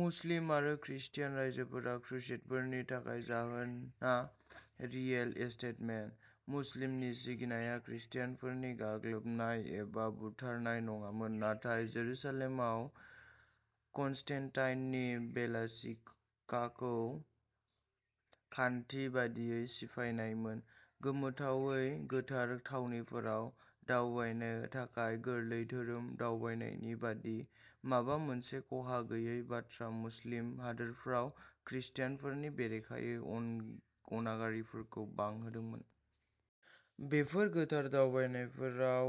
मुस्लिम आरो क्रिस्तियान रायजोफोर, क्रुसेडफोरनि थाखाय जाहोना रिएल एस्टेटमोन। मुस्लिमनि सिगिनाया क्रिस्तियानफोरनि गाग्लोबनाय एबा बुथारनाय नङामोन, नाथाय जेरुसालेमाव कन्स्टेनटाइननि बेसिलिकाखौ खान्थि बायदियै सिफायनायमोन। गोमोथावै गोथार थावनिफोराव दावबायनो थाखाय गोरलै धोरोम दावबायनायनि बायदि माबा मोनसे खहा गैयै बाथ्राया मुस्लिम हादोरफोराव क्रिस्तियानफोरनि बेरेखायै अनागारिफोरखौ बांहोदोंमोन। बेफोर गोथार दावबायनायफोराव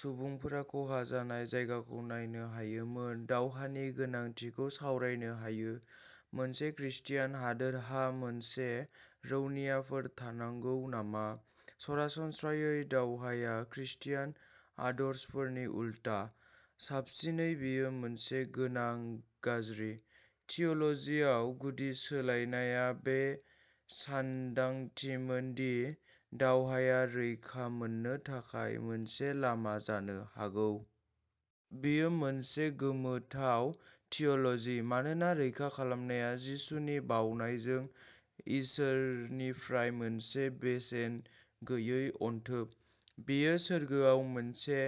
सुबुंफोरा खहा जानाय जायगाखौ नायनो हायोमोन। दावहानि गोनांथिखौ सावरायनो हायो, मोनसे क्रिस्तियान हादोरहा मोनसे रौनियाफोर थानांगौ नामा? सरासनस्रायै दावहाया क्रिस्तियान आदर्शफोरनि उल्था, साबसिनै बेयो मोनसे गोनां गाज्रि। थिय'ल'जियाव गुदि सोलायनायआ बे सानदांथिमोन दि दावहाया रैखा मोननो थाखाय मोनसे लामा जानो हागौ। बेयो मोनसे गोमोथाव थिय'ल'जि, मानोना रैखा खालामनाया जिसुनि बावनायजों इसोरनिफ्राय मोनसे बेसेन गैयै अनथोब। बेयो सोरगोआव मोनसे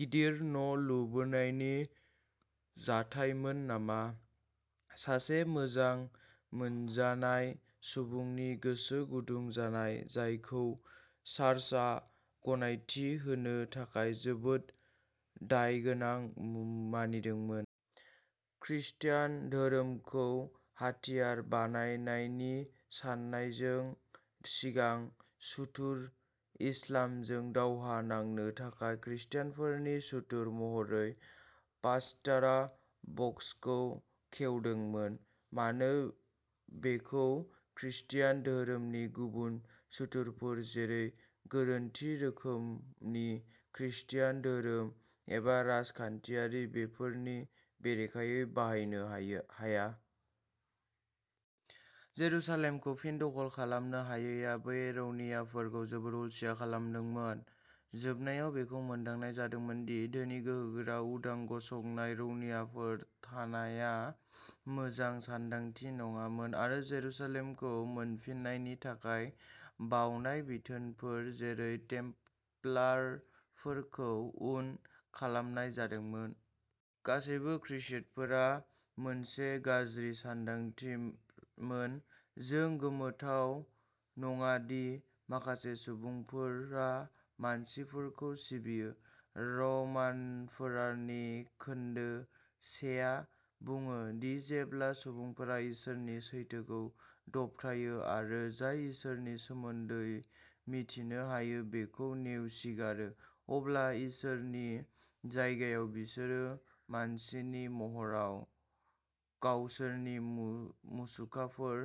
गिदिर न' लुबैनायनि जाथायमोन नामा? सासे मोजां मोनजानाय सुबुंनि गोसो गुदुं जानाय जायखौ चार्चआ गनायथि होनो थाखाय जोबोद दायगोनां मानिदोंमोन। खृस्टान धोरोमखौ हाथियार बानायनायनि साननायजों सिगां "सुथुर" इस्लामजों दावहा नांनो थाखाय खृस्टानफोरनि सुथुर महरै पास्तरा बक्सखौ खेवदोंमोन मानो बेखौ क्रिस्तियान धोरोमनि गुबुन सुथुरफोर जेरै गोरोन्थि रोखोमनि क्रिस्तियान धोरोम एबा राजखान्थियारि बेरेखाफोरनि बेरेखायै बाहायनो हाया? जेरुसालेमखौ फिन दखल खालामनो हायैआ बे रौनियाफोरखौ जोबोद अलसिया खालामदोंमोन। जोबनायाव बेखौ मोनदांनाय जादोंमोन दि धोनि, गोहोगोरा, उदां गसंनाय रौनियाफोर थानायआ मोजां सानदांथि नङामोन आरो जेरुसालेमखौ मोनफिन्नायनि थाखाय बावनाय बिथोनफोर जेरै टेम्पलारफोरखौ अन खालामनाय जादोंमोन। गासैबो क्रुसेडफोरा मोनसे गाज्रि सानदांथिमोन। जों गोमोथाव नङा दि माखासे सुबुंफोरा मानसिफोरखौ सिबियो। रमानफोरनि खोन्दो सेआ बुङो दि जेब्ला सुबुंफोरा इसोरनि सैथोखौ दबथायो आरो जाय इसोरनि सोमोन्दै मिथिनो हायो बेखौ नेवसिगारो, अब्ला इसोरनि जायगायाव बिसोरो मानसिनि महराव गावसोरनि मुसुखाफोर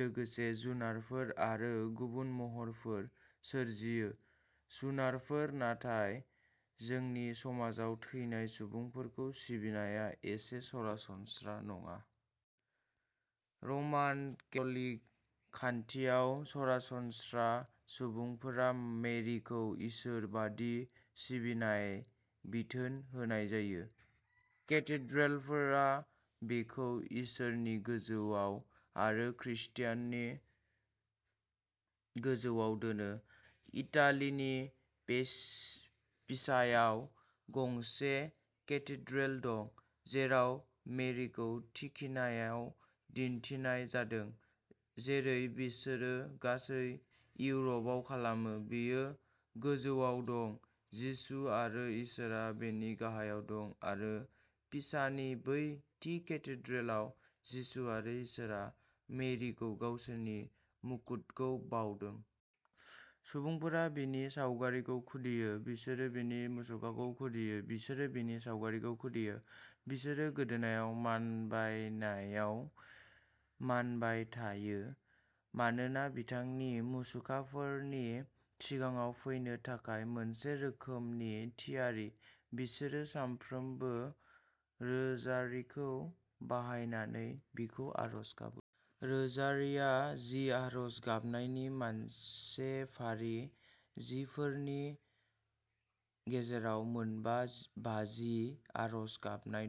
लोगोसे जुनारफोर आरो गुबुन महरफोर सोरजियो जुनारफोर नाथाय जोंनि समाजाव थैनाय सुबुंफोरखौ सिबिनायआ एसे सरासनस्रा नङा। रमान केथ'लिक खान्थियाव सरासनस्रा सुबुंफोरा मेरिखौ इसोर बायदि सिबिनाय बिथोन होनाय जायो। केथेड्रेलफोरा बिखौ इसोरनि गोजौआव आरो खृष्टनि गोजौआव दोनो। इटालीनि पिसायाव गंसे केथेड्रेल दं, जेराव मेरिखौ थिखिनियाव दिन्थिनाय जादों, जेरै बिसोरो गासै इउर'पआव खालामो, बियो गोजौआव दं, जिसु आरो इसोरआ बिनि गाहायाव दं आरो पिसानि बै थि केथेड्रेलाव, जिसु आरो इसोरआ मेरिखौ गावसोरनि मुकुटखौ बाउदों। सुबुंफोरा बिनि सावगारिखौ खुदियो। बिसोरो बिनि मुसुखाखौ खुदियो। बिसोरो बिनि सावगारिखौ खुदियो। बिसोरो गोदोनाआव मानबायनायाव मानबाय थायो, मानोना बिथांनि मुसुखाफोरनि सिगाङाव फैनो थाखाय मोनसे रोखोमनि थियारि। बिसोरो सानफ्रोमबो रोजारिखौ बाहायनानै बिखौ आरज गाबो। रोजारिआ जि आरज गाबनायनि मोनसे फारि, जिफोरनि गेजेराव मोनबा बाजि आरज गाबनाय दं।